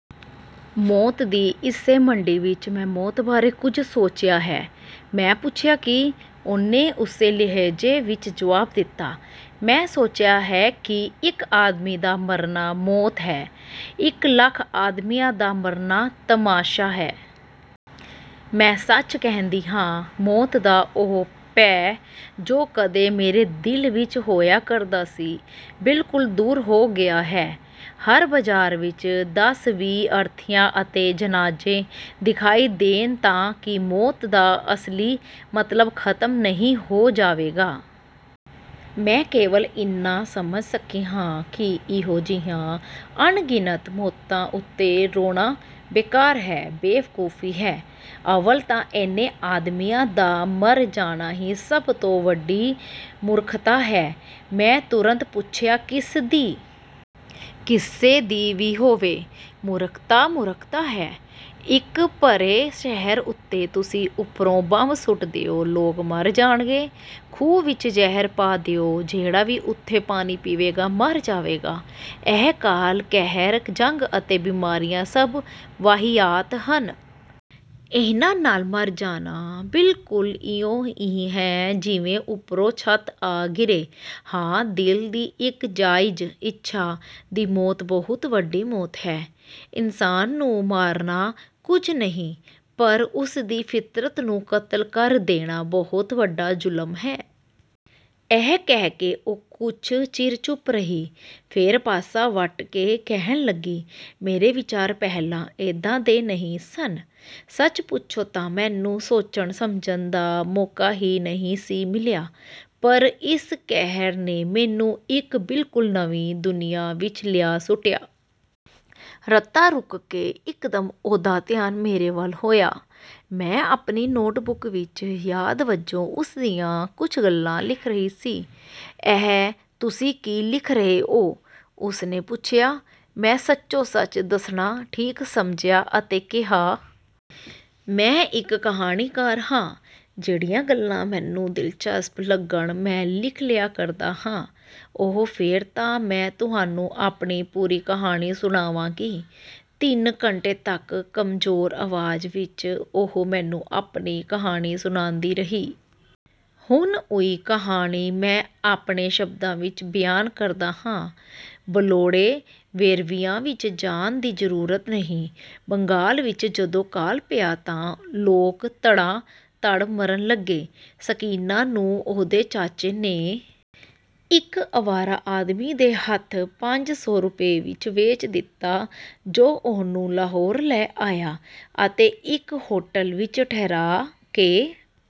ਮੌਤ ਦੀ ਇਸੇ ਮੰਡੀ ਵਿੱਚ ਮੈਂ ਮੌਤ ਬਾਰੇ ਕੁਝ ਸੋਚਿਆ ਹੈ। ਮੈਂ ਪੁੱਛਿਆ ਕੀ? ਉਹਨੇ ਉਸੇ ਲਹਿਜੇ ਵਿੱਚ ਜਵਾਬ ਦਿੱਤਾ। ਮੈਂ ਸੋਚਿਆ ਹੈ ਕਿ ਇੱਕ ਆਦਮੀ ਦਾ ਮਰਨਾ ਮੌਤ ਹੈ, ਇੱਕ ਲੱਖ ਆਦਮੀਆਂ ਦਾ ਮਰਨਾ ਤਮਾਸ਼ਾ ਹੈ। ਮੈਂ ਸੱਚ ਕਹਿੰਦੀ ਹਾਂ ਮੌਤ ਦਾ ਉਹ ਭੈਅ ਜੋ ਕਦੇ ਮੇਰੇ ਦਿਲ ਵਿੱਚ ਹੋਇਆ ਕਰਦਾ ਸੀ ਬਿਲਕੁਲ ਦੂਰ ਹੋ ਗਿਆ ਹੈ। ਹਰ ਬਜ਼ਾਰ ਵਿੱਚ ਦਸ ਵੀਹ ਅਰਥੀਆਂ ਅਤੇ ਜਨਾਜ਼ੇ ਦਿਖਾਈ ਦੇਣ ਤਾਂ ਕੀ ਮੌਤ ਦਾ ਅਸਲੀ ਮਤਲਬ ਖ਼ਤਮ ਨਹੀਂ ਹੋ ਜਾਵੇਗਾ? ਮੈਂ ਕੇਵਲ ਏਨਾ ਸਮਝ ਸਕੀ ਹਾਂ ਕਿ ਇਹੋ ਜਿਹੀਆਂ ਅਣਗਿਣਤ ਮੌਤਾਂ ਉੱਤੇ ਰੋਣਾ ਬੇਕਾਰ ਹੈ, ਬੇਵਕੂਫ਼ੀ ਹੈ। ਅੱਵਲ ਤਾਂ ਏਨੇ ਆਦਮੀਆਂ ਦਾ ਮਰ ਜਾਣਾ ਹੀ ਸਭ ਤੋਂ ਵੱਡੀ ਮੂਰਖ਼ਤਾ ਹੈ। ਮੈਂ ਤੁਰੰਤ ਪੁੱਛਿਆ ਕਿਸ ਦੀ? ਕਿਸੇ ਦੀ ਵੀ ਹੋਵੇ। ਮੂਰਖ਼ਤਾ ਮੂਰਖ਼ਤਾ ਹੈ। ਇੱਕ ਭਰੇ ਸ਼ਹਿਰ ਉੱਤੇ ਤੁਸੀਂ ਉੱਪਰੋਂ ਬੰਬ ਸੁੱਟ ਦਿਓ ਲੋਕ ਮਰ ਜਾਣਗੇ। ਖੂਹਾਂ ਵਿੱਚ ਜ਼ਹਿਰ ਪਾ ਦਿਓ ਜਿਹੜਾ ਵੀ ਓਥੋਂ ਪਾਣੀ ਪੀਵੇਗਾ ਮਰ ਜਾਵੇਗਾ। ਇਹ ਕਾਲ ਕਹਿਰ ਜੰਗ ਅਤੇ ਬੀਮਾਰੀਆਂ ਸਭ ਵਾਹੀਆਤ ਹਨ। ਇਹਨਾਂ ਨਾਲ ਮਰ ਜਾਣਾ ਬਿਲਕੁਲ ਇਉਂ ਹੀ ਐ ਜਿਵੇਂ ਉੱਪਰੋਂ ਛੱਤ ਆ ਗਿਰੇ। ਹਾਂ ਦਿਲ ਦੀ ਇੱਕ ਜਾਇਜ਼ ਇੱਛਾ ਦੀ ਮੌਤ ਬਹੁਤ ਵੱਡੀ ਮੌਤ ਹੈ। ਇਨਸਾਨ ਨੂੰ ਮਾਰਨਾ ਕੁਝ ਨਹੀਂ ਪਰ ਉਸਦੀ ਫ਼ਿਤਰਤ ਨੂੰ ਕਤਲ ਕਰ ਦੇਣਾ ਬਹੁਤ ਵੱਡਾ ਜ਼ੁਲਮ ਹੈ। ਇਹ ਕਹਿ ਕੇ ਉਹ ਕੁਝ ਚਿਰ ਚੁੱਪ ਰਹੀ। ਫੇਰ ਪਾਸਾ ਵੱਟ ਕੇ ਕਹਿਣ ਲੱਗੀ। ਮੇਰੇ ਵਿਚਾਰ ਪਹਿਲਾਂ ਏਦਾਂ ਦੇ ਨਹੀਂ ਸਨ। ਸੱਚ ਪੁੱਛੋਂ ਤਾਂ ਮੈਨੂੰ ਸੋਚਣ ਸਮਝਣ ਦਾ ਮੌਕਾ ਹੀ ਨਹੀਂ ਸੀ ਮਿਲਿਆ ਪਰ ਇਸ ਕਹਿਰ ਨੇ ਮੈਨੂੰ ਇੱਕ ਬਿਲਕੁਲ ਨਵੀਂ ਦੁਨੀਆਂ ਵਿੱਚ ਲਿਆ ਸੁੱਟਿਆ। ਰਤਾ ਰੁਕ ਕੇ ਇੱਕਦਮ ਉਹਦਾ ਧਿਆਨ ਮੇਰੇ ਵੱਲ ਹੋਇਆ। ਮੈਂ ਆਪਣੀ ਨੋਟਬੁੱਕ ਵਿੱਚ ਯਾਦ ਵਜੋਂ ਉਸਦੀਆਂ ਕੁਝ ਗੱਲਾਂ ਲਿਖ ਰਿਹਾ ਸੀ। ਇਹ ਤੁਸੀਂ ਕੀ ਲਿਖ ਰਹੇ ਓ? ਉਹਨੇ ਪੁੱਛਿਆ। ਮੈਂ ਸੱਚੋ ਸੱਚ ਦੱਸਣਾ ਠੀਕ ਸਮਝਿਆ ਅਤੇ ਕਿਹਾ। ਮੈਂ ਇੱਕ ਕਹਾਣੀਕਾਰ ਹਾਂ। ਜਿਹੜੀਆਂ ਗੱਲਾਂ ਮੈਨੂੰ ਦਿਲਚਸਪ ਲੱਗਣ ਮੈਂ ਲਿਖ ਲਿਆ ਕਰਦਾ ਹਾਂ। ਓਹ ਫੇਰ ਤਾਂ ਮੈਂ ਤੁਹਾਨੂੰ ਆਪਣੀ ਪੂਰੀ ਕਹਾਣੀ ਸੁਣਾਵਾਂਗੀ। ਤਿੰਨ ਘੰਟੇ ਤੱਕ ਕਮਜ਼ੋਰ ਆਵਾਜ਼ ਵਿੱਚ ਉਹ ਮੈਨੂੰ ਆਪਣੀ ਕਹਾਣੀ ਸੁਣਾਉਂਦੀ ਰਹੀ। ਹੁਣ ਉਹੀ ਕਹਾਣੀ ਮੈਂ ਆਪਣੇ ਸ਼ਬਦਾਂ ਵਿੱਚ ਬਿਆਨ ਕਰਦਾ ਹਾਂ। ਬੇਲੋੜੇ ਵੇਰਵਿਆਂ ਵਿੱਚ ਜਾਣ ਦੀ ਜ਼ਰੂਰਤ ਨਹੀਂ। ਬੰਗਾਲ ਵਿੱਚ ਜਦੋਂ ਕਾਲ ਪਿਆ ਤਾਂ ਲੋਕ ਧੜਾ ਧੜ ਮਰਨ ਲੱਗੇ। ਸਕੀਨਾ ਨੂੰ ਉਹਦੇ ਚਾਚੇ ਨੇ ਇੱਕ ਅਵਾਰਾ ਆਦਮੀ ਦੇ ਹੱਥ ਪੰਜ ਸੌ ਰੁਪਏ ਵਿੱਚ ਵੇਚ ਦਿੱਤਾ ਜੋ ਉਹਨੂੰ ਲਾਹੌਰ ਲੈ ਆਇਆ ਅਤੇ ਇੱਕ ਹੋਟਲ ਵਿੱਚ ਠਹਿਰਾਅ ਕੇ